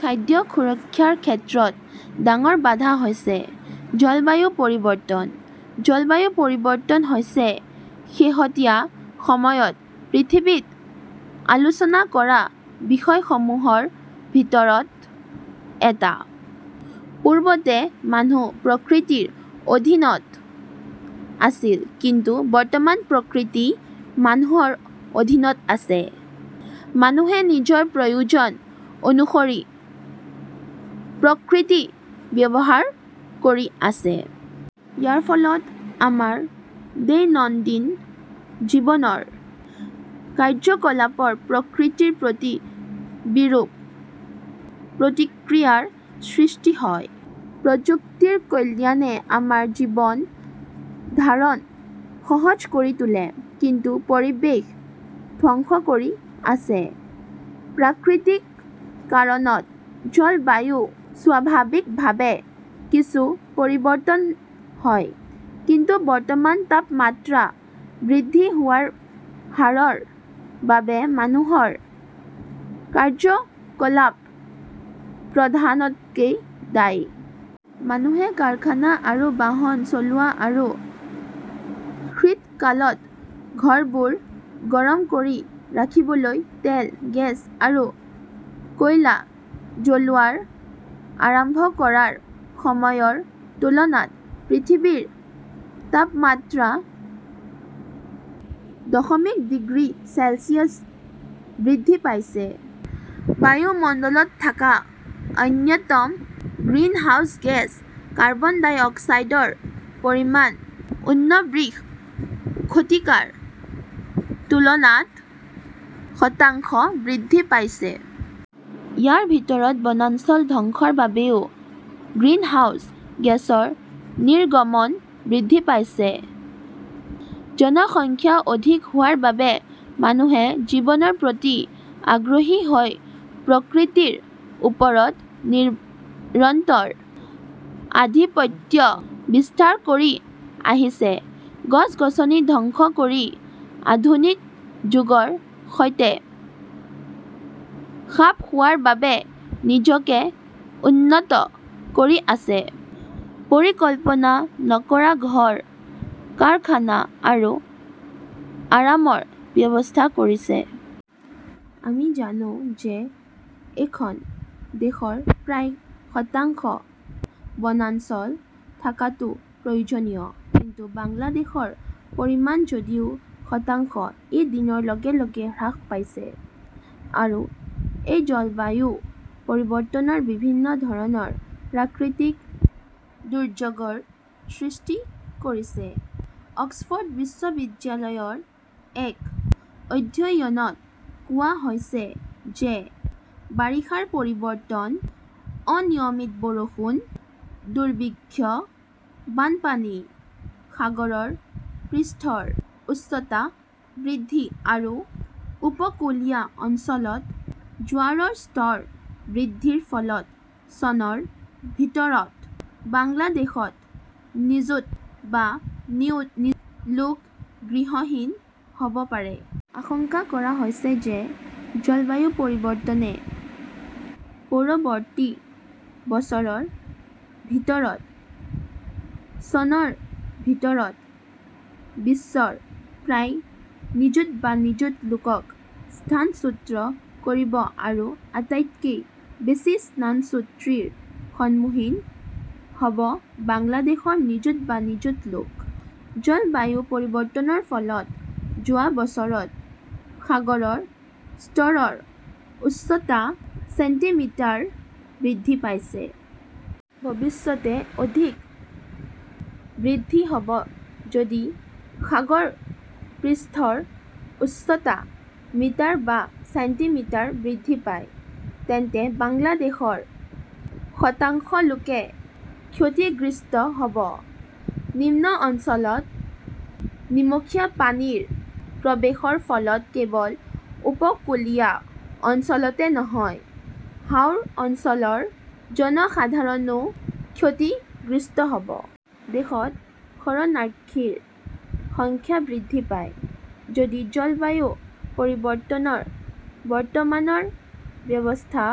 খাদ্য সুৰক্ষাৰ ক্ষেত্ৰত ডাঙৰ বাধা হৈছে, জলবায়ু পৰিৱৰ্তন। জলবায়ু পৰিৱৰ্তন হৈছে শেহতীয়া সময়ত পৃথিৱীত আলোচনা কৰা বিষয়সমূহৰ ভিতৰত এটা। পূৰ্বতে মানুহ প্ৰকৃতিৰ অধীনত আছিল; কিন্তু বৰ্তমান প্ৰকৃতি মানুহৰ অধীনত আছে। মানুহে নিজৰ প্ৰয়োজন অনুসৰি প্ৰকৃতি ব্যৱহাৰ কৰি আছে। ইয়াৰ ফলত আমাৰ দৈনন্দিন জীৱনৰ কাৰ্যকলাপৰ প্ৰকৃতিৰ প্ৰতি বিৰূপ প্ৰতিক্ৰিয়াৰ সৃষ্টি হয়। প্ৰযুক্তিৰ কল্যাণে আমাৰ জীৱন ধাৰণ সহজ কৰি তোলে, কিন্তু পৰিৱেশ ধ্বংস কৰি আছে। প্ৰাকৃতিক কাৰণত জলবায়ুৰ স্বাভাৱিকভাৱে কিছু পৰিৱৰ্তন হয়। কিন্তু বৰ্তমান তাপমাত্ৰা বৃদ্ধি হোৱাৰ হাৰৰ বাবে মানুহৰ কাৰ্যকলাপ প্ৰধানকৈ দায়ী। মানুহে কাৰখানা আৰু বাহন চলোৱা আৰু শীতকালত ঘৰবোৰ গৰম কৰি ৰাখিবলৈ তেল, গেছ আৰু কয়লা জ্বলোৱা আৰম্ভ কৰাৰ সময়ৰ তুলনাত পৃথিৱীৰ তাপমাত্ৰা দশমিক ডিগ্ৰী চেলছিয়াছ বৃদ্ধি পাইছে। বায়ুমণ্ডলত থকা অন্যতম গ্ৰিনহাউচ গেছ কাৰ্বন ডাই অক্সাইডৰ পৰিমাণ ঊনবিংশ শতিকাৰ তুলনাত শতাংশ বৃদ্ধি পাইছে। ইয়াৰ ভিতৰত, বনাঞ্চল ধ্বংসৰ বাবেও গ্ৰিনহাউচ গেছৰ নিৰ্গমন বৃদ্ধি পাইছে। জনসংখ্যা অধিক হোৱাৰ বাবে মানুহে জীৱনৰ প্ৰতি আগ্ৰহী হৈ প্ৰকৃতিৰ ওপৰত নিৰন্তৰ আধিপত্য বিস্তাৰ কৰি আহিছে। গছ-গছনি ধ্বংস কৰি আধুনিক যুগৰ সৈতে খাপ খোৱাৰ বাবে নিজকে উন্নত কৰি আছে, পৰিকল্পনা নকৰা ঘৰ, কাৰখানা আৰু আৰামৰ ব্যৱস্থা কৰিছে। আমি জানো যে, এখন দেশৰ প্ৰায় শতাংশ বনাঞ্চল থকাটো প্ৰয়োজনীয়, কিন্তু বাংলাদেশৰ পৰিমাণ যদিও শতাংশ, ই দিনৰ লগে লগে হ্ৰাস পাইছে। আৰু এই জলবায়ু পৰিৱৰ্তনে বিভিন্ন ধৰণৰ প্ৰাকৃতিক দুৰ্যোগৰ সৃষ্টি কৰিছে। অক্সফ'ৰ্ড বিশ্ববিদ্যালয়ৰ এক অধ্যয়নত কোৱা হৈছে যে, বাৰিষাৰ পৰিৱৰ্তন, অনিয়মিত বৰষুণ, দুৰ্ভিক্ষ, বানপানী, সাগৰৰ পৃষ্ঠৰ উচ্চতা বৃদ্ধি আৰু উপকূলীয় অঞ্চলত জোৱাৰৰ স্তৰ বৃদ্ধিৰ ফলত চনৰ ভিতৰত বাংলাদেশত নিযুত বা নিযুত লোক গৃহহীন হ'ব পাৰে। আশংকা কৰা হৈছে যে, জলবায়ু পৰিৱৰ্তনে পৰৱৰ্তী বছৰৰ ভিতৰত, চনৰ ভিতৰত বিশ্বৰ প্ৰায় নিযুত বা নিযুত লোকক স্থানচ্যুত কৰিব আৰু আটাইতকৈ বেছি স্থানচ্যুতিৰ সন্মুখীন হ'ব বাংলাদেশৰ নিযুত বা নিযুত লোক। জলবায়ু পৰিৱৰ্তনৰ ফলত যোৱা বছৰত সাগৰৰ স্তৰৰ উচ্চতা ছেণ্টিমিটাৰ বৃদ্ধি পাইছে। ভৱিষ্যতে অধিক বৃদ্ধি হ'ব, যদি সাগৰ পৃষ্ঠৰ উচ্চতা মিটাৰ বা ছেণ্টিমিটাৰ বৃদ্ধি পায়, তেন্তে বাংলাদেশৰ শতাংশ লোকে ক্ষতিগ্ৰস্ত হ'ব। নিম্ন অঞ্চলত নিমখীয়া পানীৰ প্ৰৱেশৰ ফলত কেৱল উপকূলীয় অঞ্চলতে নহয়, হাওৰ অঞ্চলৰ জনসাধাৰণো ক্ষতিগ্ৰস্ত হ'ব। দেশত শৰণাৰ্থীৰ সংখ্যা বৃদ্ধি পাব। যদি জলবায়ু পৰিৱৰ্তনৰ বৰ্তমানৰ অৱস্থা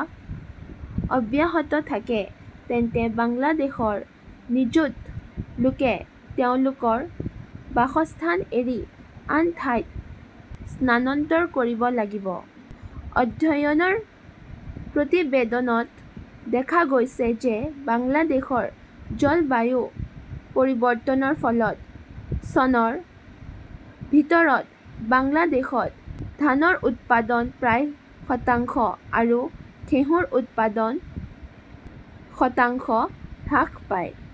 অব্যাহত থাকে, তেন্তে বাংলাদেশৰ নিযুত লোকে তেওঁলোকৰ বাসস্থান এৰি আন ঠাইত স্থানান্তৰ কৰিব লাগিব। অধ্যয়নৰ প্ৰতিবেদনত দেখা গৈছে যে বাংলাদেশৰ জলবায়ু পৰিৱৰ্তনৰ ফলত চনৰ ভিতৰত বাংলাদেশত ধানৰ উৎপাদন প্ৰায় শতাংশ আৰু ঘেঁহুৰ উৎপাদন শতাংশ হ্ৰাস পাব।